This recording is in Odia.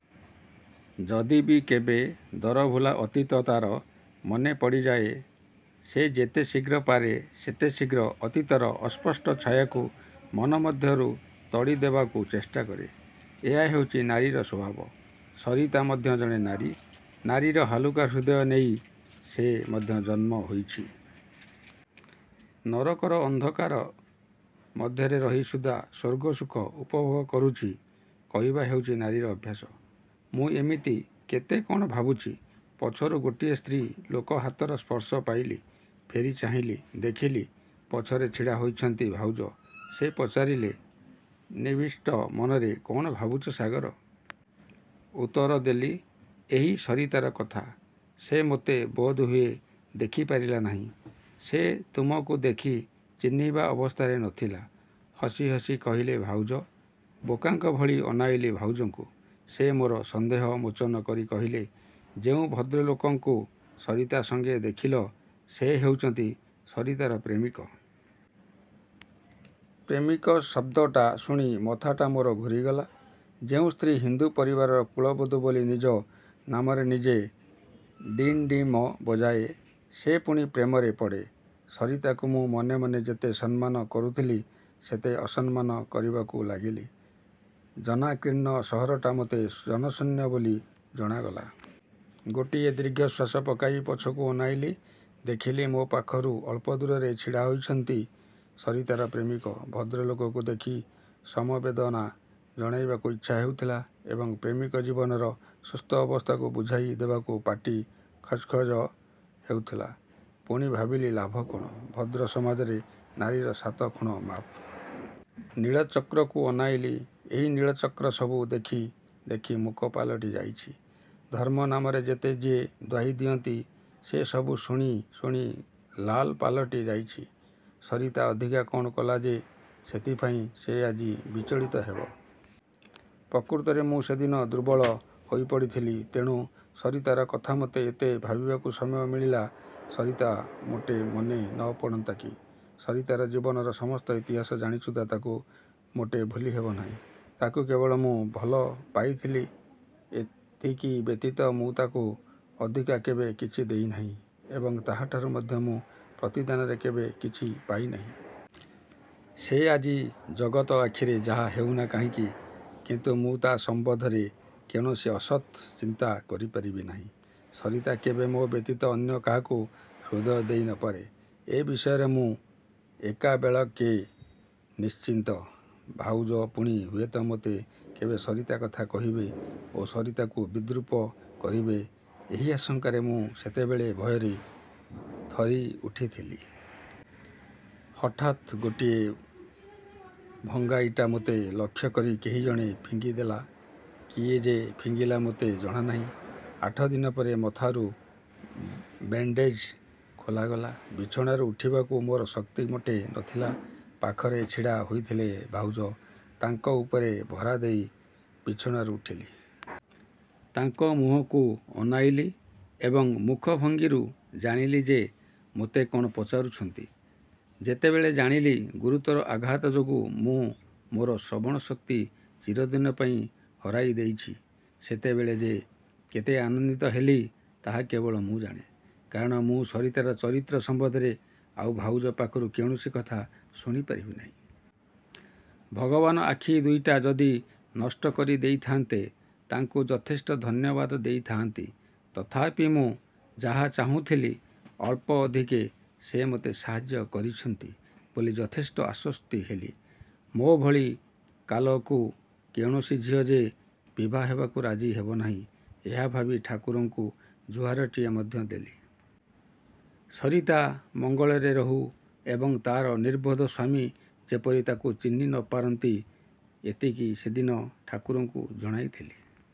ଯଦି ବି କେବେ ଦରଭୁଲା ଅତୀତ ତା'ର ମନେପଡ଼ିଯାଏ ସେ ଯେତେ ଶୀଘ୍ର ପାରେ ସେତେ ଶୀଘ୍ର ଅତୀତର ଅସ୍ପଷ୍ଟ ଛାୟାକୁ ମନ ମଧ୍ୟରୁ ତଡ଼ି ଦେବାକୁ ଚେଷ୍ଟା କରେ। ଏହା ହେଉଛି ନାରୀର ସ୍ୱଭାବ। ସରିତା ମଧ୍ୟ ଜଣେ ନାରୀ। ନାରୀର ହାଲୁକା ହୃଦୟ ନେଇ ସେ ମଧ୍ୟ ଜନ୍ମ ହୋଇଛି। ନରକର ଅନ୍ଧକାର ମଧ୍ୟରେ ରହି ସୁଦ୍ଧା ସ୍ୱର୍ଗସୁଖ ଉପଭୋଗ କରୁଛି କହିବା ହେଉଛି ନାରୀର ଅଭ୍ୟାସ। ମୁଁ ଏମିତି କେତେ କ'ଣ ଭାବୁଛି। ପଛରୁ ଗୋଟିଏ ସ୍ତ୍ରୀ ଲୋକ ହାତର ସ୍ପର୍ଶ ପାଇଲି। ଫେରି ଚାହିଁଲି। ଦେଖିଲି ପଛରେ ଛିଡ଼ା ହୋଇଛନ୍ତି ଭାଉଜ। ସେ ପଚାରିଲେ, 'ନିବିଷ୍ଟ ମନରେ କ'ଣ ଭାବୁଛ ସାଗର? ' ଉତ୍ତରଦେଲି, ''ଏହି ସରିତାର କଥା। ସେ ମୋତେ ବୋଧହୁଏ ଦେଖି ପାରିଲା ନାହିଁ। '' ''ସେ ତୁମକୁ ଦେଖି ଚିହ୍ନିବା ଅବସ୍ଥାରେ ନ ଥିଲା। '' ହସି ହସି କହିଲେ ଭାଉଜ। ବୋକାଙ୍କଭଳି ଅନାଇଲି ଭାଉଜଙ୍କୁ। ସେ ମୋର ସନ୍ଦେହ ମୋଚନ କରି କହିଲେ, ''ଯେଉଁ ଭଦ୍ରଲୋକଙ୍କୁ ସରିତା ସଙ୍ଗେ ଦେଖିଲ, ସେ ହେଉଛନ୍ତି, ସରିତାର ପ୍ରେମିକ। '' ପ୍ରେମିକ ଶବ୍ଦଟା ଶୁଣି ମଥାଟା ମୋର ଘୂରିଗଲା। ଯେଉଁ ସ୍ତ୍ରୀ ହିନ୍ଦୁ ପରିବାରର କୁଳବଧୂ ବୋଲି ନିଜ ନାମରେ ନିଜେ ଡିଣ୍ଡିମ ବଜାଏ, ସେ ପୁଣି ପ୍ରେମରେ ପଡ଼େ? ସରିତାକୁ ମୁଁ ମନେମନେ ଯେତେ ସମ୍ମାନ କରୁଥିଲି ସେତେ ଅସମ୍ମାନ କରିବାକୁ ଲାଗିଲି। ଜନାକୀର୍ଣ୍ଣ ସହରଟା ମୋତେ ଜନଶୂନ୍ୟ ବୋଲି ଜଣାଗଲା। ଗୋଟିଏ ଦୀର୍ଘଶ୍ୱାସ ପକାଇ ପଛକୁ ଅନାଇଲି। ଦେଖିଲି ମୋ ପାଖରୁ ଅଳ୍ପଦୂରରେ ଛିଡ଼ାହୋଇଛନ୍ତି ସରିତାର ପ୍ରେମିକ-। ଭଦ୍ରଲୋକକୁ ଦେଖି ସମବେଦନା ଜଣାଇବାକୁ ଇଚ୍ଛା ହେଉଥିଲା ଏବଂ ପ୍ରେମିକ ଜୀବନର ସୁସ୍ଥ ଅବସ୍ଥାକୁ ବୁଝାଇ ଦେବାକୁ ପାଟି ଖଜ୍ବଜ୍ ହେଉଥିଲା। ପୁଣି ଭାବିଲି ଲାଭ କ'ଣ? ଭଦ୍ରସମାଜରେ ନାରୀର ସାତଖୁଣ ମାଫ। ନୀଳଚକ୍ରକୁ ଅନାଇଲି। ଏହି ନୀଳଚକ୍ର ସବୁ ଦେଖି ଦେଖି ମୂକ ପାଲଟି ଯାଇଛି। ଧର୍ମ ନାମରେ ଯେତେ ଯିଏ ଦ୍ୱାହି ଦିଅନ୍ତି, ସେ ସବୁ ଶୁଣି ଶୁଣି ଲାଲ ପାଲଟି ଯାଇଛି। ସରିତା ଅଧିକା କ'ଣ କଲା ଯେ ସେଥିପାଇଁ ସେ ଆଜି ବିଚଳିତ ହେବ? ପ୍ରକୃତରେ ମୁଁ ସେଦିନ ଦୁର୍ବଳ ହୋଇପଡ଼ିଥିଲି। ତେଣୁ ସରିତାର କଥା ମୋତେ ଏତେ ଭାବିବାକୁ ସମୟ ମିଳିଲା, ସରିତା ମୋଟେ ମନେ ନ ପଡ଼ନ୍ତା କି? ସରିତାର ଜୀବନର ସମସ୍ତ ଇତିହାସ ଜାଣି ସୁଦ୍ଧା ତାକୁ ମୋଟେ ଭୁଲିହେବ ନାହିଁ। ତାକୁ କେବଳ ମୁଁ ଭଲପାଇଥିଲି, ଏତିକି ବ୍ୟତୀତ ମୁଁ ତାକୁ ଅଧିକା କେବେ କିଛି ଦେଇନାହିଁ ଏବଂ ତାହାଠାରୁ ମଧ୍ୟ ମୁଁ ପ୍ରତିଦାନରେ କେବେ କିଛି ପାଇନାହିଁ। ସେ ଆଜି ଜଗତ ଆଖିରେ ଯାହା ହେଉନା କାହିଁକି, କିନ୍ତୁ ମୁଁ ତା' ସମ୍ବନ୍ଧରେ କୌଣସି ଅସତ୍ ଚିନ୍ତା କରିପାରିବି ନାହିଁ। ସରିତା କେବେ ମୋ ବ୍ୟତୀତ ଅନ୍ୟ କାହାକୁ ହୃଦୟ ଦେଇ ନ ପାରେ। ଏ ବିଷୟରେ ମୁଁ ଏକାବେଳକେ ନିଶ୍ଚିନ୍ତ। ଭାଉଜ ପୁଣି ହୁଏତ ମୋତେ କେବେ ସରିତା କଥା କହିବେ ଓ ସରିତାକୁ ବିଦ୍ରୂପ କରିବେ ଏହି ଆଶଙ୍କାରେ ମୁଁ ସେତେବେଳେ ଭୟରେ ଥରିଉଠିଥିଲି। ହଠାତ୍ ଗୋଟିଏ ଭଙ୍ଗାଇଟା ମୋତେ ଲକ୍ଷ୍ୟକରି କେହିଜଣେ ଫିଙ୍ଗି ଦେଲା। କିଏ ଯେ ଫିଙ୍ଗିଲା ମୋତେ ଜଣାନାହିଁ। ଆଠଦିନ ପରେ ମଥାରୁ ବେଣ୍ଡେଜ୍ ଖୋଲାଗଲା। ବିଛଣାରୁ ଉଠିବାକୁ ମୋର ଶକ୍ତି ମୋଟେ ନ ଥିଲା। ପାଖରେ ଛିଡ଼ା ହୋଇଥିଲେ ଭାଉଜ। ତାଙ୍କ ଉପରେ ଭରା ଦେଇ ବିଛଣାରୁ ଉଠିଲି। ତାଙ୍କ ମୁହଁକୁ ଅନାଇଲି ଏବଂ ମୁଖଭଙ୍ଗୀରୁ ଜାଣିଲି, ସେ ମୋତେ କ'ଣ ପଚାରୁଛନ୍ତି। ଯେତେବେଳେ ଜାଣିଲି ଗୁରୁତର ଆଘାତ ଯୋଗୁଁ ମୁଁ ମୋର ଶ୍ରବଣ ଶକ୍ତି ଚିରଦିନପାଇଁ ହରାଇ ଦେଇଛି, ସେତେବେଳେ ଯେ କେତେ ଆନନ୍ଦିତ ହେଲି ତାହା କେବଳ ମୁଁ ଜାଣେ, କାରଣ ମୁଁ ସରିତାର ଚରିତ୍ର ସମ୍ବନ୍ଧରେ ଆଉ ଭାଉଜ ପାଖରୁ କୌଣସି କଥା ଶୁଣିପାରିବି ନାହିଁ। ଭଗବାନ ଆଖି ଦୁଇଟା ଯଦି ନଷ୍ଟ କରି ଦେଇଥାନ୍ତେ ତାଙ୍କୁ ଯଥେଷ୍ଟ ଧନ୍ୟବାଦ ଦେଇଥାଆନ୍ତି। ତଥାପି ମୁଁ ଯାହା ଚାହୁଁଥିଲି ଅଳ୍ପଅଧିକେ ସେ ମୋତେ ସାହାଯ୍ୟ କରିଛନ୍ତି ବୋଲି ଯଥେଷ୍ଟ ଆଶ୍ୱସ୍ତି ହେଲି। ମୋ ଭଳି କାଲକୁ କୌଣସି ଝିଅ ଯେ ବିଭାହେବାକୁ ରାଜି ହେବନାହିଁ ଏହା ଭାବି ଠାକୁରଙ୍କୁ ଜୁହାରଟିଏ ମଧ୍ୟ ଦେଲି। 'ସରିତା ମଙ୍ଗଳରେ ରହୁ ଏବଂ ତା'ର ନିର୍ବୋଧ ସ୍ୱାମୀ ଯେପରି ତାକୁ ଚିହ୍ନି ନ ପାରନ୍ତି' ଏତିକି ସେଦିନ ଠାକୁରଙ୍କୁ ଜଣାଇଥିଲି।